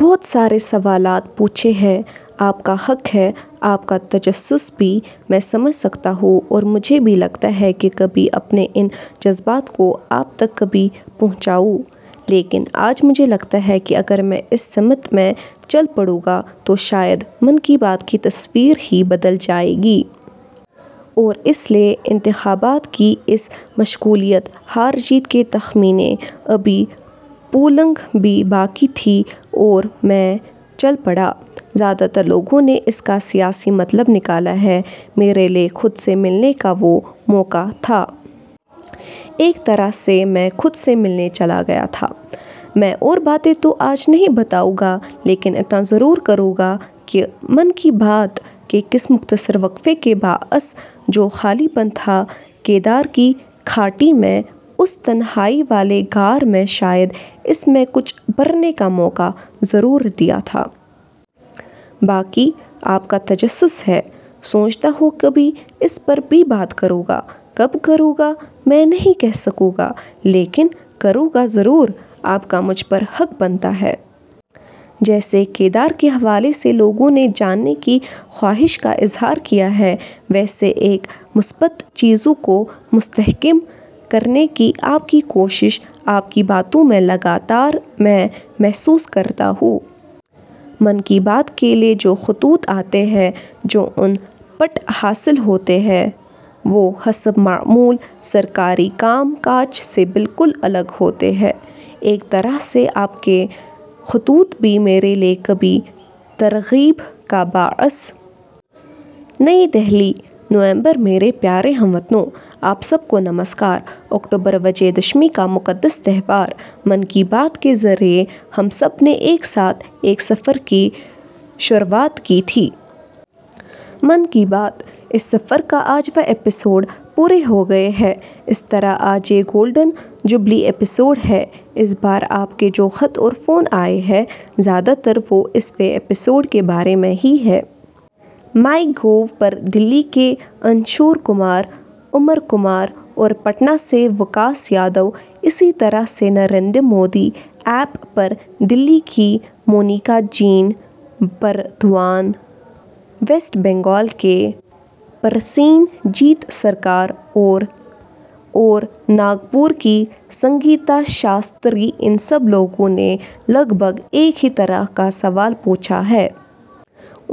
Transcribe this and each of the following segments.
بہت سارے سوالات پوچھے ہیں۔ آپ کا حق ہے، آپ کا تجسس بھی، میں سمجھ سکتا ہوں اور مجھے بھی لگتا ہے کہ کبھی اپنے ان جذبات کو آپ تک کبھی پہنچا ہوں، لیکن آج مجھے لگتا ہے کہ اگر میں اس سمت میں چل پڑوں گا تو شاید 'من کی بات' کی تصویر ہی بدل جائے گی۔ اور اس لیے انتخابات کی اس مشغولیت، ہار جیت کے تخمینے، ابھی پولنگ بھی باقی تھی اور میں چل پڑا۔ زیادہ تر لوگوں نے اس کا سیاسی مطلب نکالا ہے۔ میرے لیے خود سے ملنے کا وہ موقع تھا۔ ایک طرح سے میں خود سے ملنے چلا گیا تھا۔ میں اور باتیں تو آج نہیں بتاؤں گا لیکن اتنا ضرور کروں گا کہ 'من کی بات' کے کس مختصر وقفے کے باعث جو خالی پن تھا کیدار کی گھاٹی میں اُس تنہائی والے غار میں شاید اس میں کچھ بھرنے کا موقع ضرور دیا تھا۔ باقی آپ کا تجسس ہے۔ سوچتا ہوں کبھی اس پر بھی بات کروں گا۔ کب کروں گا میں نہیں کہ سکوں گا، لیکن کروں گا ضرور، آپ کا مجھ پر حق بنتا ہے۔ جیسے کیدار کے حوالے سے لوگوں نے جاننے کی خواہش کا اظہار کیا ہے، ویسے ایک مثبت چیزوں کو مستحکم کرنے کی آپ کی کوشش، آپ کی باتوں میں لگاتار میں محسوس کرتا ہوں۔ 'من کی بات' کے لیے جو خطوط آتے ہیں، جو ان پٹ حاصل ہوتے ہیں وہ حسب معمول سرکاری کام کاج سے بالکل الگ ہوتے ہیں۔ ایک طرح سے آپ کے خطوط بھی میرے لیے کبھی ترغیب کا باعث. نئی دہلی، / نومبر میرے پیارے ہم وطنوں، آپ سب کو نمسکار! اکتوبر وجے دشمی کا مقدس تہوار۔ 'من کی بات' کے ذریعے ہم سب نے ایک ساتھ، ایک سفر کی شروعات کی تھی۔ 'من کی بات'، اس سفر کا آج واں ایپیسوڈ پورے ہوگئے ہیں۔ اس طرح آج یہ گولڈن جوبلی ایپیسوڈ ہے۔ اس بار آپ کے جو خط اور فون آئے ہیں، زیادہ تر وہ اس ویں ایپیسوڈ کے بارے میں ہی ہے۔ مائی گوو پر دلّی کے انشو کمار، امر کمار اور پٹنہ سے وکاس یادو، اسی طرح سے نریندر مودی ایپ پر دلّی کی مونیکا جین، بردوان، ویسٹ بنگال کے پرسین جیت سرکار اور ناگپور کی سنگیتا شاستری ان سب لوگوں نے لگ بھگ ایک ہی طرح کا سوال پوچھا ہے۔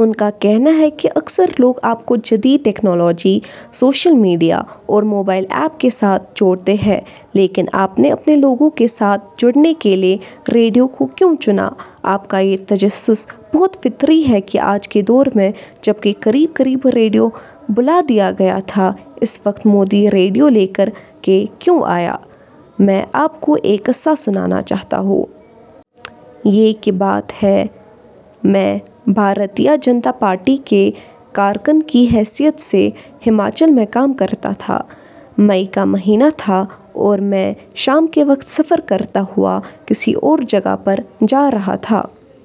ان کا کہنا ہے کہ اکثر لوگ آپ کو جدید ٹیکنالوجی، سوشل میڈیا اور موبائل ایپ کے ساتھ جوڑتے ہیں، لیکن آپ نے اپنے لوگوں کے ساتھ جڑنے کے لیے ریڈیو کو کیوں چنا؟ آپ کا یہ تجسس بہت فطری ہے کہ آج کے دور میں، جب کہ قریب قریب ریڈیو بھلا دیا گیا تھا اس وقت مودی ریڈیو لے کر کے کیوں آیا؟ میں آپ کو ایک قصہ سنانا چاہتا ہوں۔ یہ کی بات ہے، میں بھارتیہ جنتا پارٹی کے کارکن کی حیثیت سے ہماچل میں کام کرتا تھا۔ مئی کا مہینہ تھا اور میں شام کے وقت سفر کرتا ہوا کسی اور جگہ پر جا رہا تھا۔